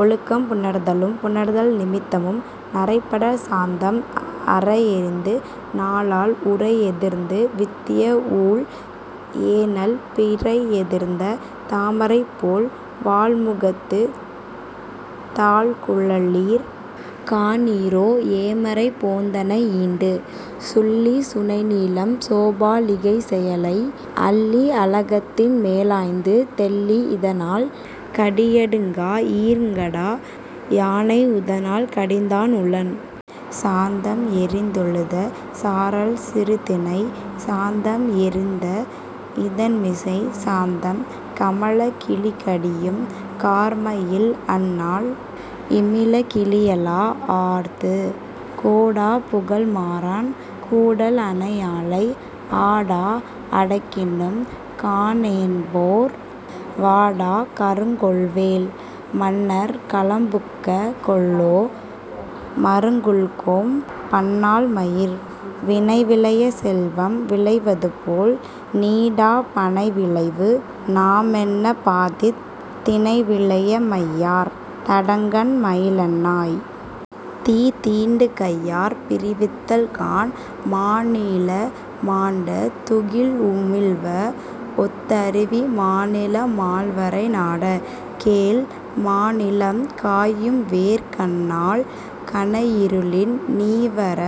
ஒழுக்கம் புணர்தலும் புணர்தல் நிமித்தமும். நறைபடர் சாந்தம் அறஎறிந்து, நாளால் உறைஎதிர்ந்து வித்தியஊழ் ஏனல் பிறையெதிர்ந்த தாமரைபோல் வாள்முகத்துத் தாழ்குழலீர்! காணீரோ ஏமரை போந்தன ஈண்டு. சுள்ளி சுனைநீலம் சோபா லிகைசெயலை அள்ளி அளகத்தின் மேலாய்ந்து தெள்ளி இதணால் கடியடுங்கா ஈர்ங்கடா யானை உதணால் கடிந்தான் உளன். சாந்தம் எறிந்துழுத சாரல் சிறுதினைச் சாந்தம் எறிந்த இதண்மிசைச் சாந்தம் கமழக் கிளிகடியும் கார்மயில் அன்னாள் இமிழக் கிளியழா ஆர்த்து. கோடா புகழ்மாறன் கூடல் அனையாளை ஆடா அடகினும் காணேன்போர் வாடாக் கருங்கொல்வேல் மன்னர் கலம்புக்க கொல்லோ மருங்குல்கொம் பன்னாள் மயிர். வினைவிளையச் செல்வம் விளைவதுபோல் நீடாப் பனைவிளைவு நாமெண்ணப் பாத்தித் தினைவிளைய மையார் தடங்கண் மயிலன்னாய்! தீத்தீண்டு கையார் பிரிவித்தல் காண்! மானீல மாண்ட துகில்உமிழ்வ ஒத்தருவி மானீல மால்வரை நாட! கேள் மாநீலம் காயும்வேற் கண்ணாள் கனையிருளின் நீவர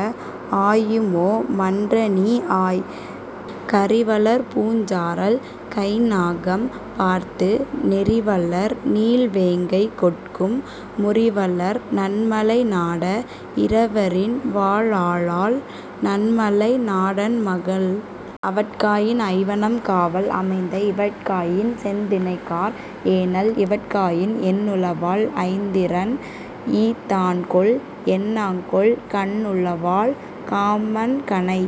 ஆயுமோ மன்றநீ ஆய். கறிவளர்பூஞ் சாரல் கைந்நாகம் பார்த்து நெறிவளர் நீள்வேங்கை கொட்கும் முறிவளர் நன்மலை நாட! இரவரின் வாழாளால், நன்மலை நாடன் மகள். அவட்காயின் ஐவனம் காவல் அமைந்த இவட்காயின் செந்தினைகார் ஏனல் இவட்காயின் எண்ணுளவால் ஐந்திரண் ஈத்தான்கொல் என்னாங்கொல் கண்ணுளவால் காமன் கணை.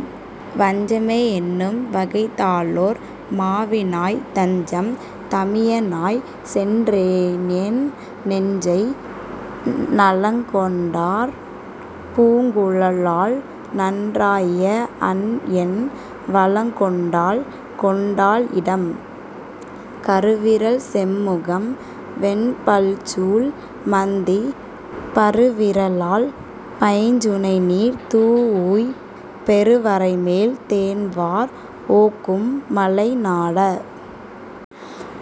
வஞ்சமே என்னும் வகைத்தாலோர் மாவினாய்த் தஞ்சம் தமியனாய்ச் சென்றேன்என் நெஞ்சை நலங்கொண்டார் பூங்குழலாள் நன்றாயத் அன்என் வலங்கொண்டாள் கொண்டாள் இடம். கருவிரல் செம்முகம் வெண்பல்சூல் மந்தி பருவிரலால் பைஞ்சுனைநீர் தூஉய்ப் பெருவரைமேல் தேன்வார்க் ஓக்கும் மலை நாட!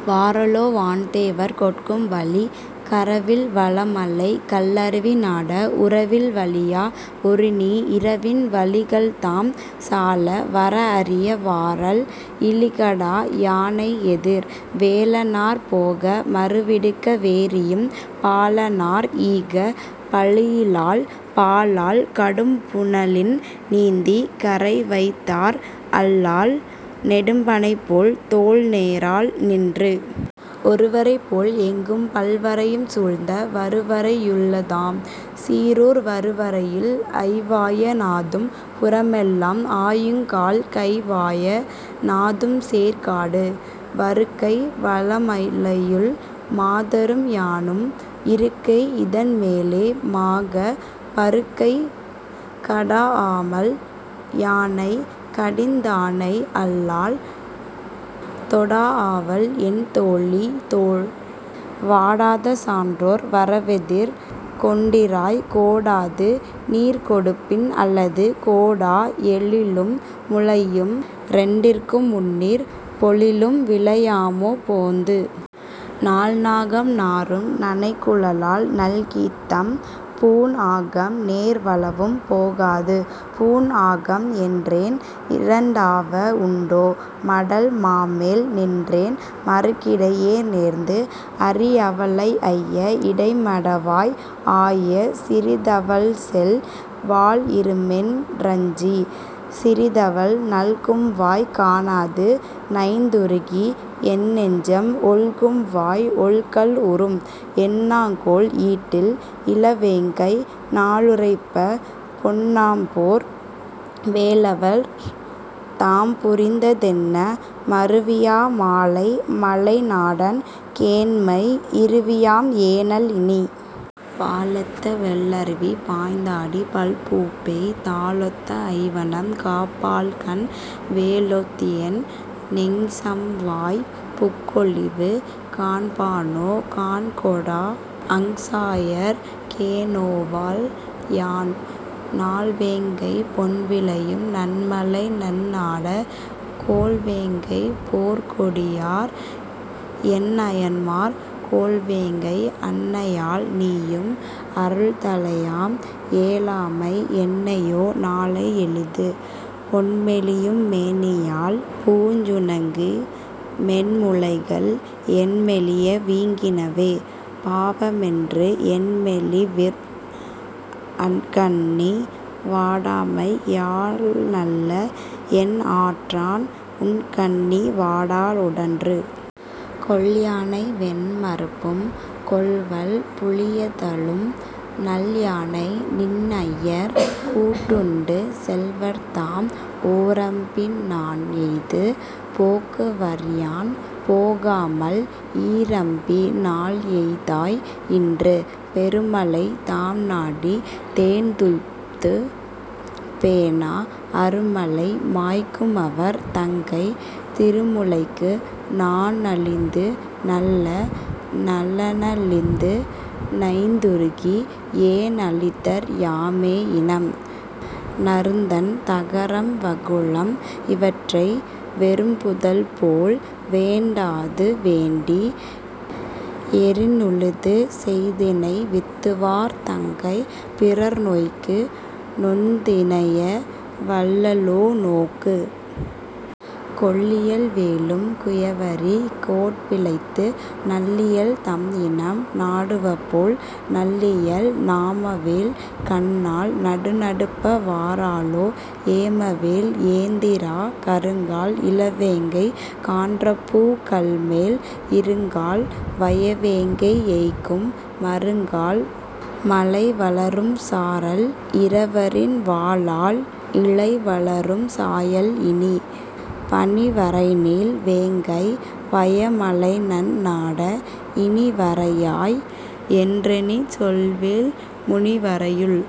வாரலோ வான்தேவர் கொட்கும் வழி. கரவில் வளமலைக் கல்லருவி நாட! உரவில் வலியா ஒரு நீ இரவின் வழிகள்தாம் சால வரஅரிய வாரல் இழிகடா யானை எதிர். வேலனார் போக மறிவிடுக்க வேரியும் பாலனார்க் ஈக பழியிலாள் பாலால் கடும்புனலின் நீந்திக் கரைவைத்தாற் அல்லால் நெடும்பனைபோல் தோள்நேராள் நின்று. ஒருவரைபோல் எங்கும் பல்வரையும் சூழ்ந்த வருவரை யுள்ளதாம் சீறூர் வருவரையுள் ஐவாய நாதும் புறமெல்லாம் ஆயுங்கால் கைவாய நாதும்சேர் காடு. வருக்கை வளமலையுள் மாதரும் யானும் இருக்கை இதண்மேலே மாகப் பருக்கைக் கடாஅமால் யானை கடிந்தானை அல்லால் தொடாஅவால் என்தோழி தோள். வாடாத சான்றோர் வரவெதிர் கொண்டிராய்க் கோடாது நீர்கொடுப்பின் அல்லது கோடா எழிலும் முலையும் இரண்டிற்கும் முந்நீர்ப் பொழிலும் விலையாமோ போந்து. நாள்நாகம் நாறும் நனைகுழலாள் நல்கித்தன் பூண்ஆகம் நேர்வளவும் போகாது பூண்ஆகம் என்றேன் இரண்டாவ உண்டோ மடல் மாமேல் நின்றேண் மறுகிடையே நேர்ந்து. அறிஅவளை ஐய இடைம்மடவாய் ஆயச் சிறிதவள்செல் வாள்இறுமென் றஞ்சிச் சிறிதவள் நல்கும்வாய் காணாது நைந்துருகி என்நெஞ்சம் ஒல்கும்வாய் ஒல்கல் உறும். என்னாங்கொல் ஈடில் இளவேங்கை நாளுரைப்பப் பொன்னாம்போர் வேலவர் தாம்புரிந்த தென்னே மருவியா மாலை மலைநாடன் கேண்மை இருவியாம் ஏனல் இனி. பாலெத்த வெள்ளருவி பாய்ந்தாடிப் பல்பூப்பெய் தாலொத்த ஐவனம் காப்பாள்கண் வேலொத்என் நெஞ்சம்வாய்ப் புக்ஒழிவு காண்பானோ காண்கொடா அஞ்சாயற் கேநோவல் யான். நாள்வேங்கை பொன்விளையும் நன்மலை நன்னாட! கோள்வேங்கை போற்கொடியார் என்ஐயன்மார் கோள்வேங்கை அன்னையால் நீயும் அருந்தழையாம் ஏலாமைக் என்னையோ நாளை எளிது. பொன்மெலியும் மேனியாள் பூஞ்சுணங்கு மென்முலைகள் என்மெலிய வீங்கினவே பாவமென்று என்மெலிவிற் அண்கண்ணி வாடாமை யால்நல்ல என்ஆற்றான் உண்கண்ணி வாடாள் உடன்று. கொல்யானை வெண்மருப்பும் கொல்வல் புலியதளும் நல்யானை நின்ஐயர் கூட்டுண்டு செல்வர்தாம் ஓரம்பி னான்எய்து போக்குவர்யான் போகாமல் ஈரம்பி னால்எய்தாய் இன்று. பெருமலை தாம்நாடித் தேன்துய்த்துப் பேணா அருமலை மாய்க்குமவர் தங்கை திருமுலைக்கு நாணழிந்து நல்ல நலனழிந்து நைந்துருகி ஏண்அழிதற் யாமே இனம். நறுந்தண் தகரம் வகுளம் இவற்றை வெறும்புதல்போல் வேண்டாது வேண்டி எறிந்உழுது செந்தினை வித்துவார் தங்கை பிறர்நோய்க்கு நொந்தினைய வல்லளோ நோக்கு. கொல்லியல் வேழும் குயவரி கோட்பிழைத்து நல்லியல் தம்இனம் நாடுவபோல் நல்லியல் நாமவேல் கண்ணாள் நடுநடுப்ப வாராலோ ஏமவேல் ஏந்திஇரா. கருங்கால் இளவேங்கை கான்றபூக் கள்மேல் இருங்கால் வயவேங்கை ஏய்க்கும் மருங்கால் மழைவளரும் சாரல் இரவரின் வாழாள் இழைவளரும் சாயல் இனி. பனிவரைநீள் வேங்கைப் பயமலைநன் நாட இனிவரையாய் என்றெண்ணிச் சொல்வேன் முனிவரையுள்।